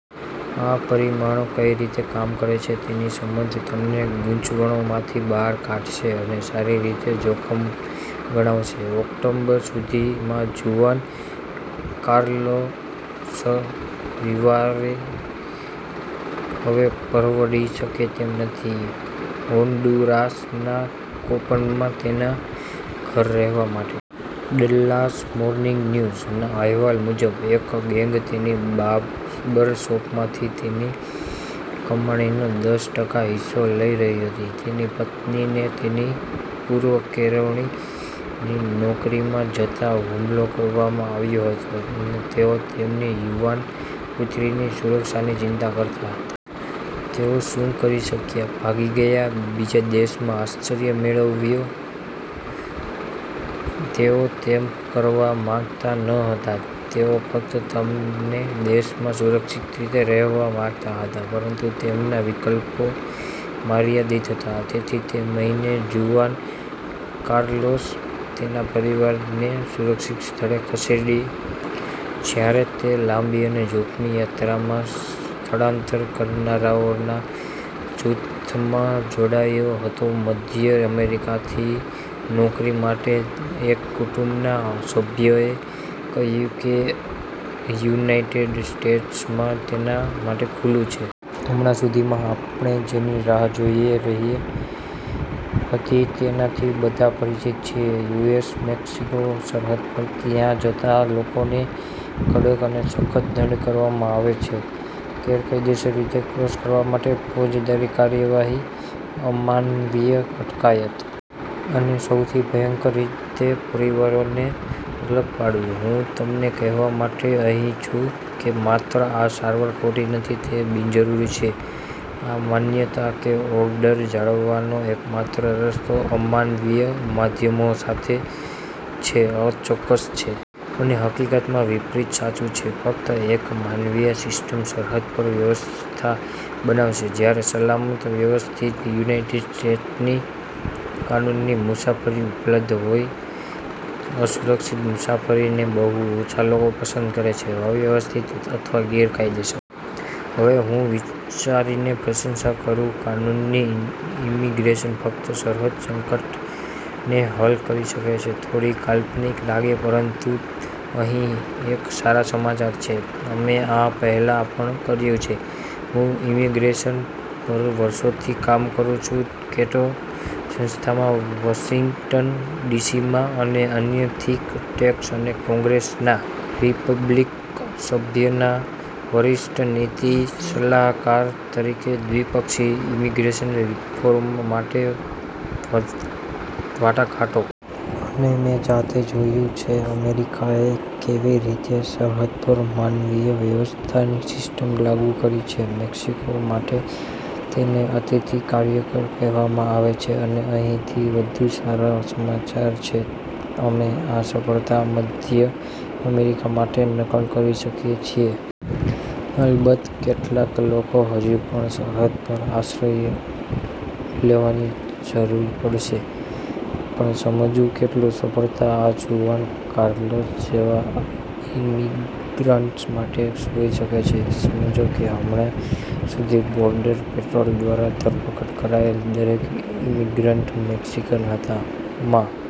આ પરિમાણો કઈ રીતે કામ કરે છે તેની સમજ તમને ગૂંચવણોમાંથી બહાર કાઢશે અને સારી રીતે જોખમ ગણાવશે. ઓક્ટોબર સુધીમાં જુઆન કાર્લોસ રિવેરા હવે પરવડી શકે તેમ નથી હોન્ડુરાસના કોપનમાં તેના ઘરે રહેવા માટે. "ડલ્લાસ મોર્નિંગ ન્યૂઝ" ના અહેવાલ મુજબ, એક ગેંગ તેની બાર્બર શોપમાંથી તેની કમાણીનો દસ ટકા હિસ્સો લઈ રહી હતી. તેની પત્નીને તેની પૂર્વ-કેળવણીની નોકરીમાં જતાં હુમલો કરવામાં આવ્યો હતો. અને તેઓ તેમની યુવાન પુત્રીની સુરક્ષાની ચિંતા કરતા હતા. તેઓ શું કરી શક્યા? ભાગી ગયા? બીજા દેશમાં આશ્ચય મેળવયો? તેઓ તેમ કરવા માંગતા ન હતા. તેઓ ફક્ત તેમના દેશમાં સુરક્ષિત રીતે રહેવા। માંગતા હતા. પરંતુ તેમના વિકલ્પો મર્યાદિત હતા. તેથી તે મહિને, જુઆન કાર્લોસ તેના પરિવારને સુરક્ષિત સ્થળે ખસેડી જ્યારે તે લાંબી અને જોખમી યાત્રામાં સ્થળાંતર કરનારાઓના જૂથમાં જોડાયો હતો મધ્ય અમેરિકાથી નોકરી માટે એક કુટુંબના સભ્યએ કહ્યું કે યુનાઇટેડ સ્ટેટ્સમાં તેના માટે ખુલ્લું છે. હમણાં સુધીમાં, આપણે જેની રાહ જોઇ રહી હતી તેનાથી બધા પરિચિત છીએ યુએસ-મેક્સિકો સરહદ પર. ત્યાં જતા લોકોને કડક અને સખત દંડ કરવામાં આવે છે. ગેરકાયદેસર રીતે ક્રોસ કરવા માટે ફોજદારી કાર્યવાહી. અમાનવીય અટકાયત. અને સૌથી ભયંકર રીતે, પરિવારોને અલગ પાડવું. હું તમને કહેવા માટે અહીં છું કે માત્ર આ સારવાર ખોટી નથી, તે બિનજરૂરી છે. આ માન્યતા કે ઓર્ડર જાળવવાનો એકમાત્ર રસ્તો અમાનવીય માધ્યમો સાથે છે અચોક્કસ છે. અને હકીકતમાં, વિપરીત સાચું છે. ફક્ત એક માનવીય સિસ્ટમ સરહદ પર વ્યવસ્થા બનાવશે. જ્યારે સલામત, વ્યવસ્થિત, યુનાઇટેડ સ્ટેટ્સની કાનૂની મુસાફરી ઉપલબ્ધ હોય, અસુરક્ષિત મુસાફરીને બહુ ઓછા લોકો પસંદ કરે છે, અવ્યવસ્થિત અથવા ગેરકાયદેસર. હવે, હું વિચારની પ્રશંસા કરું કાનૂની ઇમિગ્રેશન ફક્ત સરહદ સંકટને હલ કરી શકે છે થોડી કાલ્પનિક લાગે. પરંતુ અહીં એક સારા સમાચાર છે: અમે આ પહેલા પણ કર્યું છે. હું ઇમિગ્રેશન પર વર્ષોથી કામ કરું છું કેટો સંસ્થામાં વશિંગ્ટન ડીસીમાં અને અન્ય થિંક ટેન્ક્સ અને કોંગ્રેસના રિપબ્લિકન સભ્યના વરિષ્ઠ નીતિ સલાહકાર તરીકે, દ્વિપક્ષી ઇમિગ્રેશન રિફોર્મ માટે વાટાઘાટો. અને મેં જાતે જોયું છે અમેરિકાએ કેવી રીતે સરહદ પર માનવીય વ્યવસ્થાની સિસ્ટમ લાગુ કરી છે મેક્સિકો માટે. તેને અતિથિ કાર્યકર કહેવામાં આવે છે. અને અહીંથી વધુ સારા સમાચાર છે. અમે આ સફળતા મધ્ય અમેરિકા માટે નકલ કરી શકીએ છીએ. અલબત્ત, કેટલાક લોકો હજુ પણ સરહદ પર આશ્રય લેવાની જરૂર પડશે. પણ સમજવું કેટલું સફળ આ જુઆન કાર્લોસ જેવા ઇમિગ્રન્ટ્સ માટે હોઈ શકે છે, સમજો કે હમણાં સુધી, બોર્ડર પેટ્રોલ દ્વારા ધરપકડ કરાયેલ દરેક ઇમિગ્રન્ટ મેક્સીકન હતા. માં,